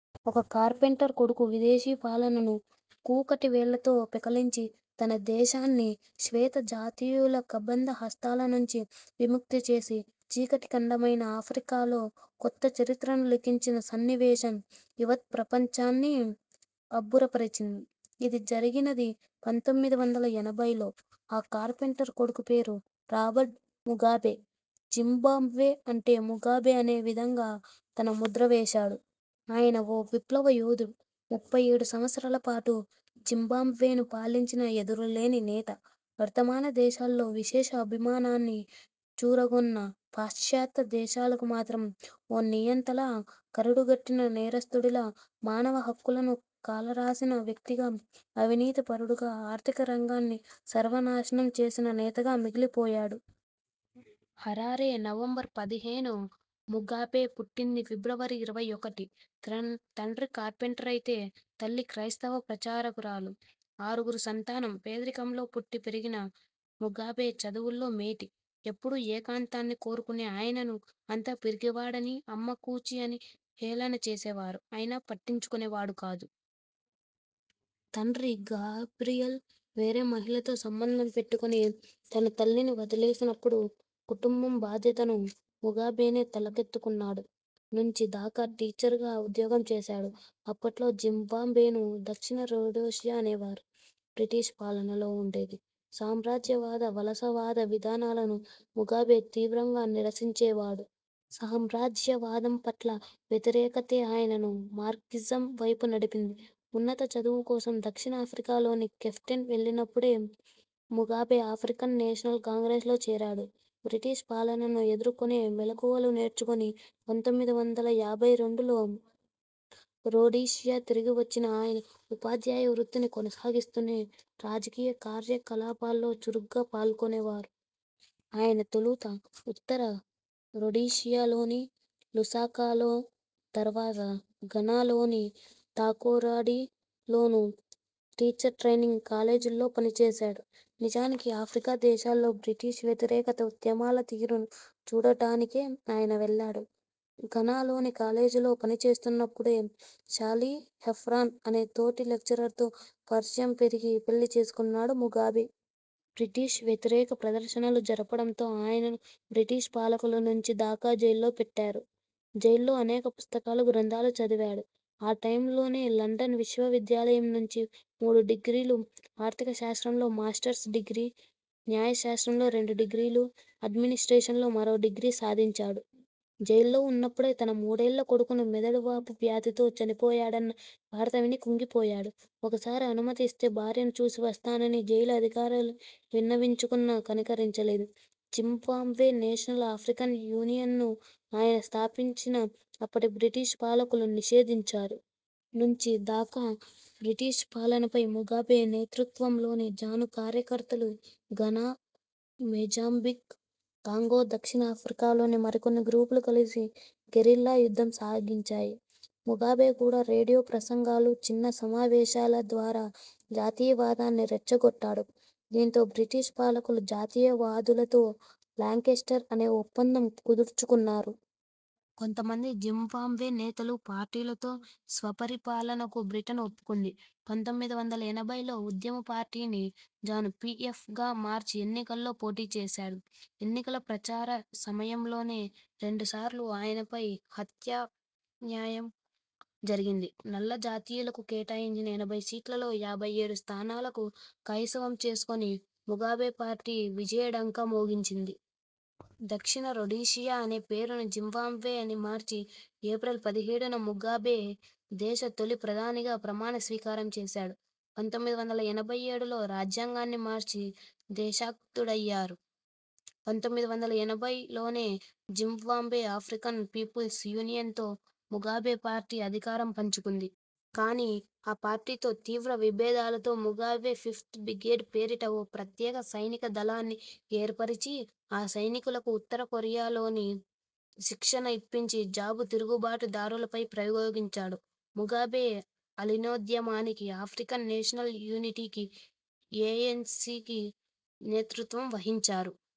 ఒక కార్పెంటర్ కొడుకు.. విదేశీ పాలనను కూకటి వేళ్ళతో పెకలించి, తన దేశాన్ని శ్వేత జాతీయుల కబంధ హస్తాల నుంచి విముక్తి చేసి, చీకటి ఖండమైన ఆఫ్రికాలో కొత్త చరిత్రను లిఖించిన సన్నివేశం యువత్ ప్రపంచాన్నీ అబ్బుర పరిచింది. ఇది జరిగినది పంతొమ్మిది వందల ఎనభైలో, ఆ కార్పెంటర్ కొడుకు పేరు రాబర్ట్ ముగాబే, జింబాబ్వే అంటే ముగాబే అనే విధంగా తన ముద్ర వేశాడు. ఆయన ఓ విప్లవ యోధుడు. ముప్పై ఏడు సంవత్సరాల పాటు జింబాబ్వేను పాలించిన ఎదురులేని నేత. వర్థమాన దేశాల్లో విశేష అభిమానాన్ని చూరగొన్నా పాశ్చాత్య దేశాలకు మాత్రం ఓ నియంతలా, కరడుగట్టిన నేరస్తుడిలా, మానవ హక్కులను కాలరాసిన వ్యక్తిగా, అవినీతి పరుడిగా, ఆర్థిక రంగాన్ని సర్వనాశనం చేసిన నేతగా మిగిలిపోయాడు. హరారే, నవంబర్ పదిహేను ముగాబే పుట్టింది ఫిబ్రవరి ఇరవై ఒకటి. తండ్రి కార్పెంటరైతే తల్లి క్రైస్తవ ప్రచారకురాలు. ఆరుగురు సంతానం. పేదరికంలో పుట్టి పెరిగిన ముగాబే చదువుల్లో మేటి. ఎప్పుడూ ఏకాంతాన్ని కోరుకునే ఆయనను అంతా పిరికివాడని, అమ్మ కూచి అని హేళన చేసేవారు. అయినా పట్టించుకునే వాడు కాదు. తండ్రి గాబ్రియల్ వేరే మహిళతో సంబంధం పెట్టుకొని తన తల్లిని వదిలేసినపుడు కుటుంబం బాధ్యతను ముగాబేనే తలకెత్తుకున్నాడు. నుంచి దాకా టీచర్గా ఉద్యోగం చేశాడు. అప్పట్లో జింబాబ్వేను దక్షిణ రొడీషియా అనేవారు. బ్రిటిష్ పాలనలో ఉండేది. సామ్రాజ్యవాద, వలస వాద విధానాలను ముగాబే తీవ్రంగా నిరసించేవాడు. సామ్రాజ్యవాదం పట్ల వ్యతిరేకతే ఆయనను మార్క్సిజం వైపు నడిపింది. ఉన్నత చదువు కోసం దక్షిణాఫ్రికాలోని కేప్టౌన్ వెళ్ళినపుడే ముగాబే ఆఫ్రికన్ నేషనల్ కాంగ్రెస్ లో చేరాడు. బ్రిటిష్ పాలనను ఎదుర్కొనే మెళకువలు నేర్చుకుని పంతొమ్మిది వందల యాభై రెండులో రొడీషియా తిరిగొచ్చిన ఆయన ఉపాధ్యాయ వృత్తిని కొనసాగిస్తూనే రాజకీయ కార్యకలాపాల్లో చురుగ్గా పాల్గొనేవారు. ఆయన తొలుత ఉత్తర రొడీషియాలోని లుసాకాలో, తర్వాత ఘనాలోని తాకొరాడిలోనూ టీచర్ ట్రైనింగ్ కాలేజీల్లో పనిచేశాడు. నిజానికి ఆఫ్రికా దేశాల్లో బ్రిటిష్ వ్యతిరేక ఉద్యమాల తీరును చూడడానికే ఆయన వెళ్ళాడు. ఘనా లోని కాలేజీలో పని చేస్తున్నపుడే శాలీ హేఫ్రాన్ అనే తోటి లెక్చరర్తో పరిచయం పెరిగి పెళ్లి చేసుకున్నాడు ముగాబే. బ్రిటిష్ వ్యతిరేక ప్రదర్శనలు జరపడంతో ఆయనను బ్రిటిష్ పాలకులు నుంచి దాకా జైల్లో పెట్టారు. జైల్లో అనేక పుస్తకాలు, గ్రంథాలు చదివాడు. ఆ టైమ్లోనే లండన్ విశ్వవిద్యాలయం నుంచి మూడు డిగ్రీలు, ఆర్థిక శాస్త్రంలో మాస్టర్స్ డిగ్రీ, న్యాయశాస్త్రంలో రెండు డిగ్రీలు, అడ్మినిస్ట్రేషన్లో మరో డిగ్రీ సాధించాడు. జైల్లో ఉన్నపుడే తన మూడేళ్ళ కొడుకు మెదడు వాపు వ్యాధితో చనిపోయాడన్న వార్త విని కుంగిపోయాడు. ఒకసారి అనుమతి ఇస్తే భార్యను చూసి వస్తానని జైలు అధికారులకు విన్నవించుకున్నా కనికరించలేదు. జింబాబ్వే నేషనల్ ఆఫ్రికన్ యూనియన్ ను ఆయన స్థాపించినా అప్పటి బ్రిటిష్ పాలకులు నిషేధించారు. నుంచి దాకా బ్రిటిష్ పాలనపై ముగాబే నేతృత్వంలోని జాను కార్యకర్తలు, ఘనా, మొజాంబిక్, కాంగో, దక్షిణాఫ్రికాల్లోని మరికొన్ని గ్రూపులు కలిసి గెరిల్లా యుద్ధం సాగించాయి. ముగాబే కూడా రేడియో ప్రసంగాలు, చిన్న సమావేశాల ద్వారా జాతీయవాదాన్ని రెచ్చగొట్టాడు. దీంతో బ్రిటిష్ పాలకులు జాతీయ వాదులతో లాంకెస్టర్ అనే ఒప్పందం కుదుర్చుకున్నారు. కొంతమంది జింబాబ్వే నేతలు, పార్టీలతో స్వపరిపాలనకు బ్రిటన్ ఒప్పుకుంది. పంతొమ్మిది వందల ఎనభైలో ఉద్యమ పార్టీని ''జాను-పిఎఫ్'' గా మార్చి ఎన్నికల్లో పోటీచేశాడు. ఎన్నికల ప్రచార సమయంలోనే రెండుసార్లు ఆయనపై హత్యాయత్నం జరిగింది. నల్ల జాతీయులకు కేటాయించిన ఎనభై సీట్లలో యాభై ఏడు స్థానాలను కైవసం చేసుకుని ముగాబే పార్టీ విజయఢంకా మోగించింది. దక్షిణ రొడీషియా అనే పేరును జింబాబ్వే అని మార్చి ఏప్రిల్ పదిహేడున ముగాబే దేశ తొలి ప్రధానిగా ప్రమాణ స్వీకారం చేశాడు. పంతొమ్మిది వందల ఎనభై ఏడులో రాజ్యాంగాన్ని మార్చి దేశాధ్యక్షుడయ్యారు. పంతొమ్మిది వందల ఎనభైలోనే జింబాబ్వే ఆఫ్రికన్ పీపుల్స్ యూనియన్ తో ముగాబే పార్టీ అధికారం పంచుకుంది. కానీ ఆ పార్టీతో తీవ్ర విభేదాలతో ముగాబే ఫిఫ్త్ బీగేడ్ పేరిట ఓ ప్రత్యేక సైనిక దళాన్ని ఏర్పరిచి, ఆ సైనికులకు ఉత్తర కొరియాలో శిక్షణ ఇప్పించి జాపు తిరుగుబాటు దారులపైకి ప్రయోగించాడు. ముగాబే అలీనోద్యమానికి, ఆఫ్రికన్ నేషనల్ యూనిటీకి, ఏఎన్సీకి నేతృత్వం వహించారు.